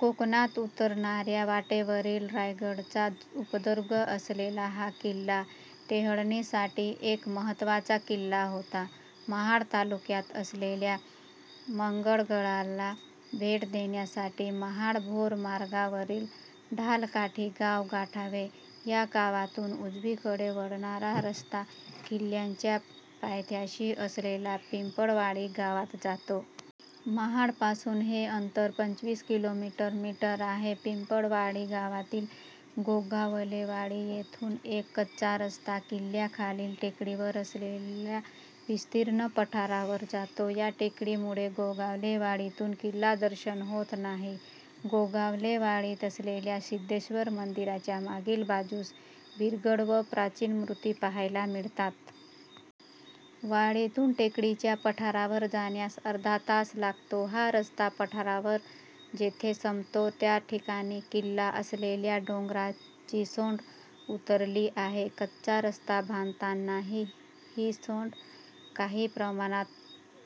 कोकणात उतरणाऱ्या वाटेवरील रायगडचा उपदुर्ग असलेला हा किल्ला टेहळणीसाठी एक महत्वाचा किल्ला होता. महाड तालुक्यात असलेल्या मंगळगडला भेट देण्यासाठी महाड भोर मार्गावरील ढालकाठी गाव गाठावे. या गावातुन उजवीकडे वळणारा रस्ता किल्ल्याच्या पायथ्याशी असलेल्या पिंपळवाडी गावात जातो. महाडपासून हे अंतर पंचवीस किलोमीटर. मी. आहे. पिंपळवाडी गावातील गोगावलेवाडी येथुन एक कच्चा रस्ता किल्ल्याखालील टेकडीवर असलेल्या विस्तीर्ण पठारावर जातो. या टेकडीमुळे गोगावले वाडीतुन किल्लादर्शन होत नाही. गोगावले वाडीत असलेल्या सिध्देश्वर मंदिराच्या मागील बाजूस विरगळ व प्राचीन मुर्ती पहायला मिळतात. वाडीतून टेकडीच्या पठारावर जाण्यास अर्धा तास लागतो. हा रस्ता पठारावर जेथे संपतो त्या ठिकाणी किल्ला असलेल्या डोंगराची सोंड उतरली आहे. कच्चा रस्ता बांधताना हि सोंड काही प्रमाणात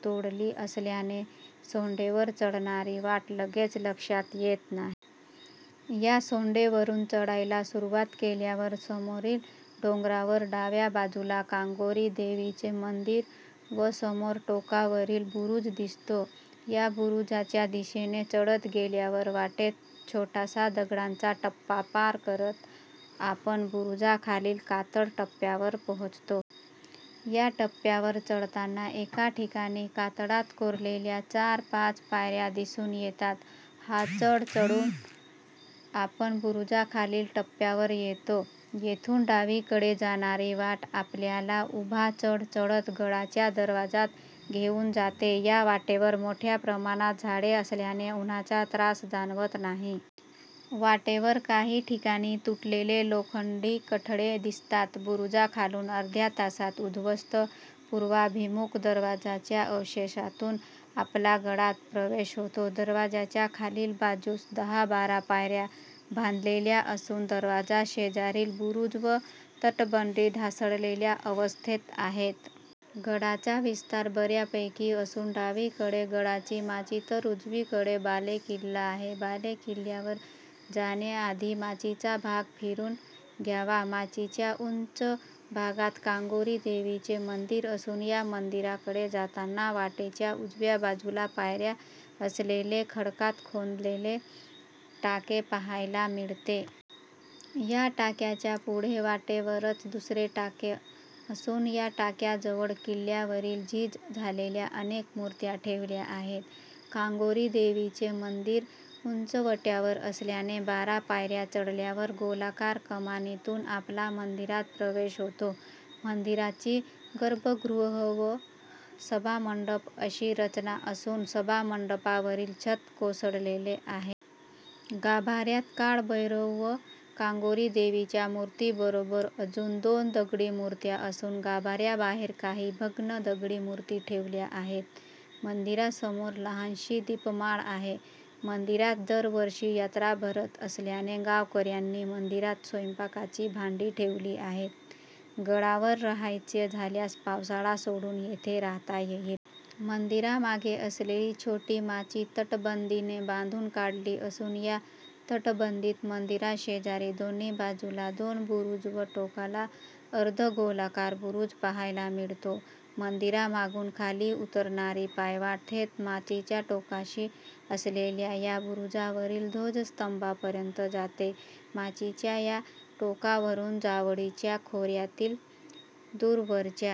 तोडली असल्याने सोंडेवर चढणारी वाट लगेच लक्षात येत नाही. या सोंडेवरून चढायला सुरवात केल्यावर समोरील डोंगरावर डाव्या बाजुला कांगोरी देवीचे मंदीर व समोर टोकावरील बुरुज दिसतो. या बुरुजाच्या दिशेने चढत गेल्यावर वाटेत छोटासा दगडांचा टप्पा पार करत आपण बुरुजाखालील कातळ टप्प्यावर पोहोचतो. या टप्प्यावर चढताना एका ठिकाणी कातळात कोरलेल्या चार-पाच पायऱ्या दिसुन येतात. हा चढ चढुन आपण बुरुजाखालील टप्प्यावर येतो. येथुन डावीकडे जाणारी वाट आपल्याला उभा चढ चढत गडाच्या दरवाजात घेऊन जाते. या वाटेवर मोठया प्रमाणात झाडे असल्याने उन्हाचा त्रास जाणवत नाही. वाटेवर काही ठिकाणी तुटलेले लोखंडी कठडे दिसतात. बुरुजाखालुन अर्ध्या तासात उध्वस्त पुर्वाभिमुख दरवाजाच्या अवशेषातुन आपला गडात प्रवेश होतो. दरवाजाच्या खालील बाजूस दहाबारा पायऱ्या बांधलेल्या असुन दरवाजा शेजारील बुरुज व तटबंदी ढासळलेल्या अवस्थेत आहेत. गडाचा विस्तार बऱ्यापैकी असुन डावीकडे गडाची माची तर उजवीकडे बालेकिल्ला आहे. बालेकिल्ल्यावर जाण्याआधी माचीचा भाग फिरून घ्यावा. माचीच्या उंच भागात कांगोरी देवीचे मंदीर असुन या मंदिराकडे जाताना वाटेच्या उजव्या बाजुला पायऱ्या असलेले खडकात खोदलेले टाके पहायला मिळते. या टाक्याच्या पुढे वाटेवरच दुसरे टाके असुन या टाक्याजवळ किल्ल्यावरील झीज झालेल्या अनेक मुर्त्या ठेवल्या आहेत. कांगोरी देवीचे मंदीर उंचवट्यावर असल्याने बारा पायऱ्या चढल्यावर गोलाकार कमानीतुन आपला मंदिरात प्रवेश होतो. मंदिराची गर्भगृह व सभामंडप अशी रचना असुन सभामंडपावरील छत कोसळलेले आहे. गाभाऱ्यात काळभैरव व कांगोरीदेवीच्या मुर्तीबरोबर अजुन दोन दगडी मूर्त्या असुन गाभाऱ्याबाहेर काही भग्न दगडी मुर्ती ठेवल्या आहेत. मंदीरासमोर लहानशी दीपमाळ आहे. मंदिरात दरवर्षी यात्रा भरत असल्याने गावकऱ्यानी मंदिरात स्वयंपाकाची भांडी ठेवली आहेत. गडावर रहायचे झाल्यास पावसाळा सोडुन येथे रहाता येईल. मंदिरामागे असलेली छोटी माची तटबंदीने बांधुन काढली असुन या तटबंदीत मंदिराशेजारी दोन्ही बाजुला दोन बुरुज व टोकाला अर्धगोलाकार बुरुज पहायला मिळतो. मंदिरामागुन खाली उतरणारी पायवाट थेट माचीच्या टोकाशी असलेल्या या बुरुजावरील ध्वजस्तंभापर्यंत जाते. माचीच्या या टोकावरुन जावळीच्या खोऱ्यातील दूरवरच्या--